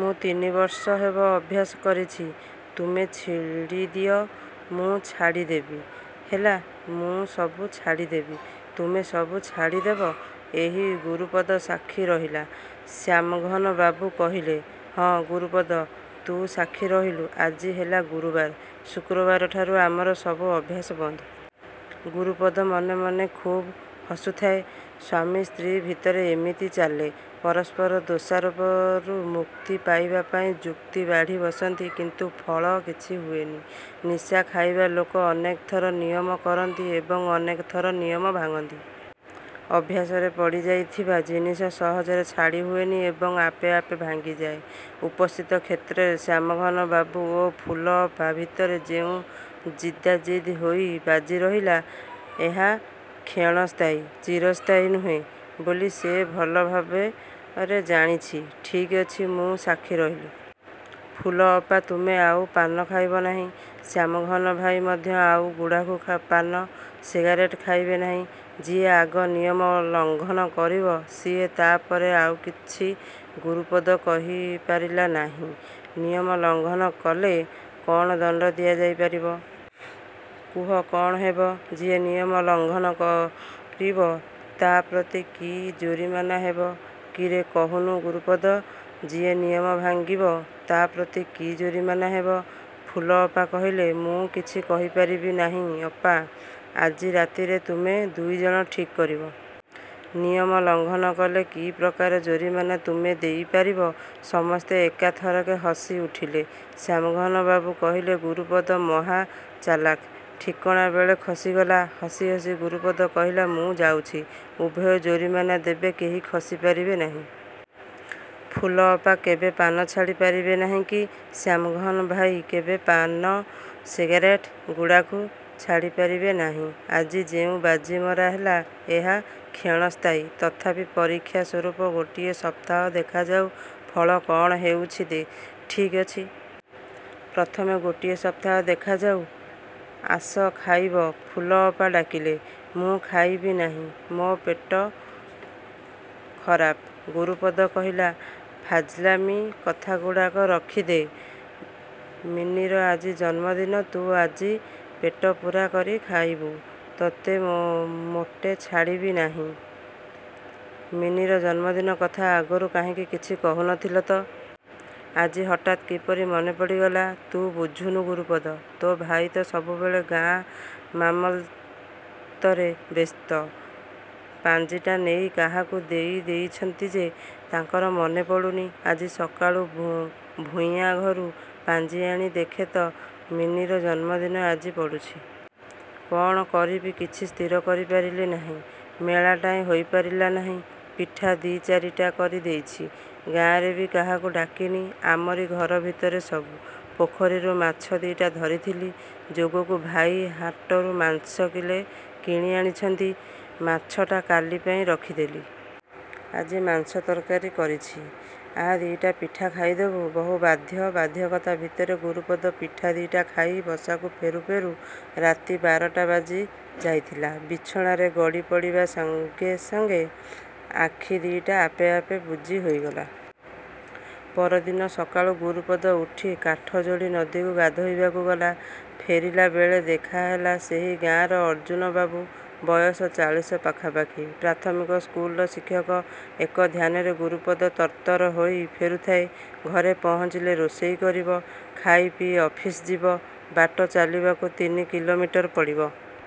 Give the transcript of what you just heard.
ମୁଁ ତିନି ବର୍ଷ ହେବ ଅଭ୍ୟାସ କରିଛି। ତୁମେ ଛିଡ଼ିଦିଅ, ମୁଁ ଛାଡ଼ିଦେବି। ହେଲା ମୁଁ ସବୁ ଛାଡ଼ିଦେବି। ତୁମେ ସବୁ ଛାଡ଼ିଦେବ? ଏହି ଗୁରୁପଦ ସାକ୍ଷୀ ରହିଲା, ଶ୍ୟାମଘନବାବୁ କହିଲେ। ହଁ ଗୁରୁପଦ ତୁ ସାକ୍ଷୀ ରହିଲୁ। ଆଜି ହେଲା ଗୁରୁବାର, ଶୁକ୍ରବାରଠାରୁ ଆମର ସବୁ ଅଭ୍ୟାସ ବନ୍ଦ। ଗୁରୁପଦ ମନେ ମନେ ଖୁବ୍ ହସୁଥାଏ। ସ୍ୱାମୀ ସ୍ତ୍ରୀ ଭିତରେ ଏମିତି ଚାଲେ। ପରସ୍ପର ଦୋଷାରୋପରୁ ମୁକ୍ତି ପାଇବା ପାଇଁ ଯୁକ୍ତି ବାଢ଼ି ବସନ୍ତି। କିନ୍ତୁ ଫଳ କିଛି ହୁଏନି। ନିଶା ଖାଇବା ଲୋକ ଅନେକ ଥର ନିୟମ କରନ୍ତି ଏବଂ ଅନେକ ଥର ନିୟମ ଭାଙ୍ଗନ୍ତି। ଅଭ୍ୟାସରେ ପଡ଼ିଯାଇଥିବା ଜିନିଷ ସହଜରେ ଛାଡ଼ି ହୁଏନି ଏବଂ ଆପେ ଆପେ ଭାଙ୍ଗିଯାଏ। ଉପସ୍ଥିତ କ୍ଷେତ୍ରରେ ଶ୍ୟାମଘନବାବୁ ଓ ଫୁଲଅପା ଭିତରେ ଯେଉଁ ଜିଦା ଜିଦି ହୋଇ ବାଜି ରହିଲା, ଏହା କ୍ଷଣସ୍ଥାୟୀ, ଚିରସ୍ଥାୟୀ ନୁହେଁ ବୋଲି ସେ ଭଲ ଭାବରେ ଜାଣିଛି। ଠିକ୍ ଅଛି ମୁଁ ସାକ୍ଷୀ ରହିଲି। ଫୁଲଅପା ତୁମେ ଆଉ ପାନ ଖାଇବ ନାହିଁ। ଶ୍ୟାମଘନ ଭାଇ ମଧ୍ୟ ଆଉ ଗୁଡ଼ାଖୁ, ପାନ, ସିଗାରେଟ ଖାଇବେ ନାହିଁ। ଯିଏ ଆଗ ନିୟମ ଲଙ୍ଗନ କରିବ ସିଏ ତା' ପରେ ଆଉ କିଛି ଗୁରୁପଦ କହିପାରିଲା ନାହିଁ। ନିୟମ ଲଙ୍ଘନ କଲେ କ'ଣ ଦଣ୍ଡ ଦିଆ ଯାଇ ପାରିବ। କୁହ କ'ଣ ହେବ? ଯିଏ ନିୟମ ଲଙ୍ଘନ କରିବ ତା' ପ୍ରତି କି ଜୋରିମାନା ହେବ? କିରେ କହୁନୁ ଗୁରୁପଦ। ଯିଏ ନିୟମ ଭାଙ୍ଗିବ ତା' ପ୍ରତି କି ଜୋରିମାନା ହେବ? ଫୁଲଅପା କହିଲେ। ମୁଁ କିଛି କହିପାରିବି ନାହିଁ ଅପା। ଆଜି ରାତିରେ ତୁମେ ଦୁଇଜଣ ଠିକ୍ କରିବ। ନିୟମ ଲଙ୍ଘନ କଲେ କି ପ୍ରକାର ଜୋରିମାନା ତୁମେ ଦେଇ ପାରିବ। ସମସ୍ତେ ଏକା ଥରକେ ହସି ଉଠିଲେ। ଶ୍ୟାମଘନବାବୁ କହିଲେ ଗୁରୁପଦ ମହା ଚାଲାଖ। ଠିକଣା ବେଳେ ଖସିଗଲା। ହସି ହସି ଗୁରୁପଦ କହିଲା ମୁଁ ଯାଉଛି। ଉଭୟ ଜୋରିମାନା ଦେବେ କେହି ଖସି ପାରିବେ ନାହିଁ। ଫୁଲଅପା କେବେ ପାନ ଛାଡ଼ି ପାରିବେ ନାହିଁ, କି ଶ୍ୟାମଘନ ଭାଇ କେବେ ପାନ, ସିଗାରେଟ୍ ଗୁଡ଼ାଖୁ ଛାଡ଼ି ପାରିବେ ନାହିଁ। ଆଜି ଯେଉଁ ବାଜି ମରା ହେଲା ଏହା କ୍ଷଣସ୍ଥାୟୀ। ତଥାପି ପରୀକ୍ଷା ସ୍ୱରୂପ ଗୋଟିଏ ସପ୍ତାହ ଦେଖାଯାଉ ଫଳ କ'ଣ ହେଉଛି। ଠିକ୍ ଅଛି। ପ୍ରଥମେ ଗୋଟିଏ ସପ୍ତାହ ଦେଖାଯାଉ, ଆସ ଖାଇବ, ଫୁଲଅପା ଡାକିଲେ। ମୁଁ ଖାଇବି ନାହିଁ। ମୋ ପେଟ୍ ଖରାପ, ଗୁରୁପଦ କହିଲା। ଫାଜିଲାମି କଥାଗୁଡ଼ାକ ରଖିଦେ। ମିନିର ଆଜି ଜନ୍ମଦିନ ତୁ ଆଜି ପେଟ ପୂରା କରି ଖାଇବୁ। ତୋତେ ମୋଟେ ଛାଡ଼ିବି ନାହିଁ। ମିନିର ଜନ୍ମଦିନ କଥା ଆଗରୁ କାହିଁକି କିଛି କହୁ ନ ଥିଲ ତ? ଆଜି ହଠାତ୍ କିପରି ମନେ ପଡ଼ିଗଲା। ତୁ ବୁଝିନୁ ଗୁରୁପଦ! ତୋ ଭାଇ ତ ସବୁବେଳେ ଗାଁ ମାମଲତରେ ବ୍ୟସ୍ତ। ପାଞ୍ଜିଟା ନେଇ କାହାକୁ ଦେଇ ଦେଇଛନ୍ତି ଯେ, ତାଙ୍କର ମନେ ପଡ଼ୁନି। ଆଜି ସକାଳୁ ଭୂୟାଁ ଘରୁ ପାଞ୍ଜି ଆଣି ଦେଖେ ତ ମିନିର ଜନ୍ମଦିନ ଆଜି ପଡ଼ୁଛି। କ'ଣ କରିବି କିଛି ସ୍ଥିର କରିପାରିଲି ନାହିଁ। ମେଳାଟାଏ ହୋଇପାରିଲା ନାହିଁ। ପିଠା ଦି'ଚାରିଟା କରି ଦେଇଛି। ଗାଁରେ ବି କାହାକୁ ଡାକିନି। ଆମରି ଘର ଭିତରେ ସବୁ। ପୋଖରୀରୁ ମାଛ ଦି'ଟା ଧରିଥିଲି। ଯୋଗକୁ ଭାଇ ହାଟରୁ ମାଂସ କିଲେ କିଣି ଆଣିଛନ୍ତି। ମାଛଟା କାଲି ପାଇଁ ରଖିଦେଲି। ଆଜି ମାଂସ ତରକାରୀ କରିଛି। ଆ ଦି'ଟା ପିଠା ଖାଇଦେବୁ। ବହୁ ବାଧ୍ୟ ବାଧ୍ୟକତା ଭିତରେ ଗୁରୁପଦ ପିଠା ଦି'ଟା ଖାଇ ବସାକୁ ଫେରୁ ଫେରୁ ରାତି ବାରଟା ବାଜି ଯାଇଥିଲା। ବିଛଣାରେ ଗଡ଼ି ପଡ଼ିବା ସାଙ୍ଗେ ସାଙ୍ଗେ ଆଖି ଦି'ଟା ଆପେ ଆପେ ବୁଜି ହୋଇଗଲା। ପରଦିନ ସକାଳୁ ଗୁରୁପଦ ଉଠି କାଠଯୋଡ଼ି ନଦୀକୁ ଗାଧୋଇବାକୁ ଗଲା। ଫେରିଲାବେଳେ ଦେଖାହେଲା ସେହି ଗାଁର ଅର୍ଜ୍ଜୁନବାବୁ। ବୟସ ଚାଳିଶ ପାଖାପାଖି। ପ୍ରାଥମିକ ସ୍କୁଲର ଶିକ୍ଷକ। ଏକ ଧ୍ୟାନରେ ଗୁରୁପଦ ତର ତର ହୋଇ ଫେରୁଥାଏ। ଘରେ ପହଞ୍ଚିଲେ ରୋଷେଇ କରିବ। ଖାଇ ପିଇ ଅଫିସ ଯିବ। ବାଟ ଚାଲିବାକୁ ତିନି କିଲୋମିଟର ପଡ଼ିବ।